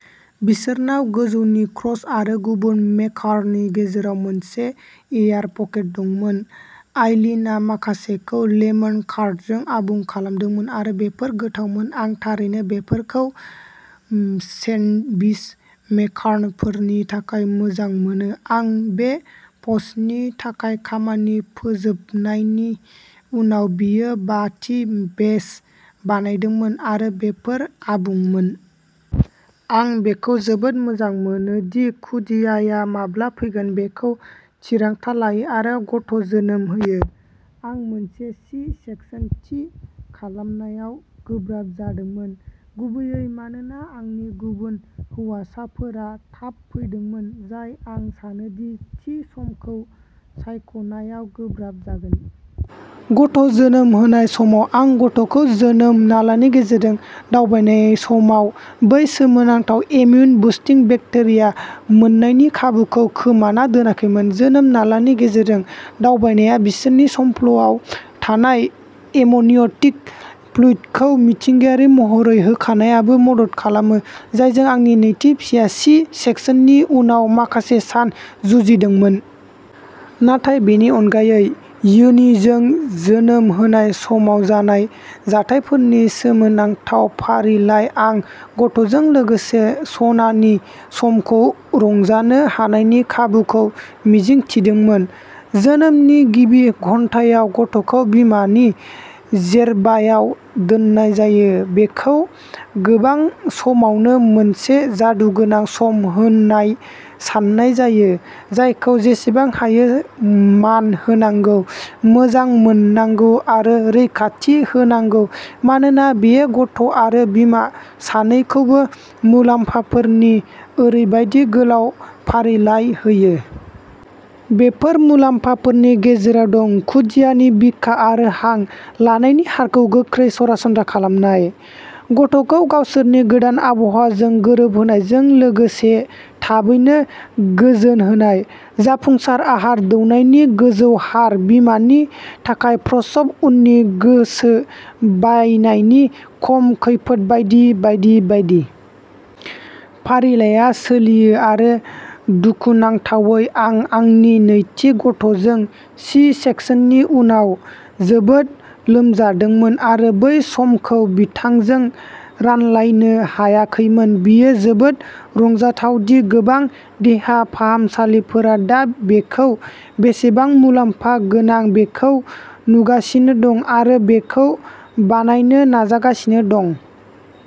बिसोरनाव गोजौनि क्रस्ट आरो गुबुन मेकार'ननि गेजेराव मोनसे एयार पकेट दंमोन। आइलीनआ माखासेखौ लेमन कर्डजों आबुं खालामदोंमोन आरो बेफोर गोथावमोन! आं थारैनो बेफोरखौ सेन्डविच मेकार'नफोरनि थाखाय मोजां मोनो। आं बे पस्टनि थाखाय खामानि फोजोबनायनि उनाव बियो बाथि बेच बानायदोंमोन आरो बेफोर आबुंमोन। आं बेखौ जोबोद मोजां मोनो दि खुदियाया माब्ला फैगोन बेखौ थिरांथा लायो आरो गथ'जोनोम होयो। आं मोनसे सि-सेकसन थि खालामनायाव गोब्राब जादोंमोन, गुबैयै मानोना आंनि गुबुन हौवासाफोरा थाब फैदोंमोन, जाय आं सानो दि थि समखौ सायख'नायाव गोब्राब जागोन। गथ'जोनोम होनाय समाव आं गथ'खौ जोनोम नालानि गेजेरजों दावबायनाय समाव बै सोमोनांथाव इमिउन बुस्टिं बेक्टेरिया मोननायनि खाबुखौ खोमाना दोनाखैमोन। जोनोम नालानि गेजेरजों दावबायनाया बिसोरनि संफ्ल'आव थानाय एमनिय'टिक फ्लुइडखौ मिथिंगायारि महरै होखारनायावबो मदद खालामो, जायजों आंनि नैथि फिसाया सि-सेकसननि उनाव माखासे सान जुजिदोंमोन। नाथाय बेनि अनगायै। योनिजों जोनोम होनाय समाव जानाय जाथायफोरनि सोमोनांथाव फारिलाइ, आं गथ'जों लोगोसे सनानि समखौ रंजानो हानायनि खाबुखौ मिजिं थिदोंमोन। जोनोमनि गिबि घन्टायाव गथ'खौ बिमानि जेरबायाव दोननाय जायो, बेखौ गोबां समावनो मोनसे "जादुगोनां" सम होनना साननाय जायो, जायखौ जेसेबां हायो मान होनांगौ, मोजां मोननांगौ आरो रैखाथि होनांगौ मानोना बेयो गथ'आरो बिमा सानैखौबो मुलाम्फाफोरनि ओरैबायदि गोलाव फारिलाइ होयो। बेफोर मुलाम्फाफोरनि गेजेराव दं, खुदियानि बिखा आरो हां लानायनि हारखौ गोख्रै सरासनस्रा खालामनाय, गथ'खौ गावसोरनि गोदान आबहावाजों गोरोबहोनायजों लोगोसे थाबैनो गोजोन होनाय, जाफुंसार आहार दौनायनि गोजौ हार, बिमानि थाखाय प्रसब-उननि गोसो बायनायनि खम खैफोद बायदि बायदि बायदि। फारिलाइआ सोलियो आरो दुखुनांथावै, आं आंनि नैथि गथ'जों सि-सेकसननि उनाव जोबोद लोमजादोंमोन आरो बै समखौ बिथांजों रानलायनो हायाखैमोन। बेयो जोबोद रंजाथाव दि गोबां देहा फाहामसालिफोरा दा बेखौ बेसेबां मुलाम्फा गोनां बेखौ नुगासिनो दं आरो बेखौ बानायनो नाजागासिनो दं।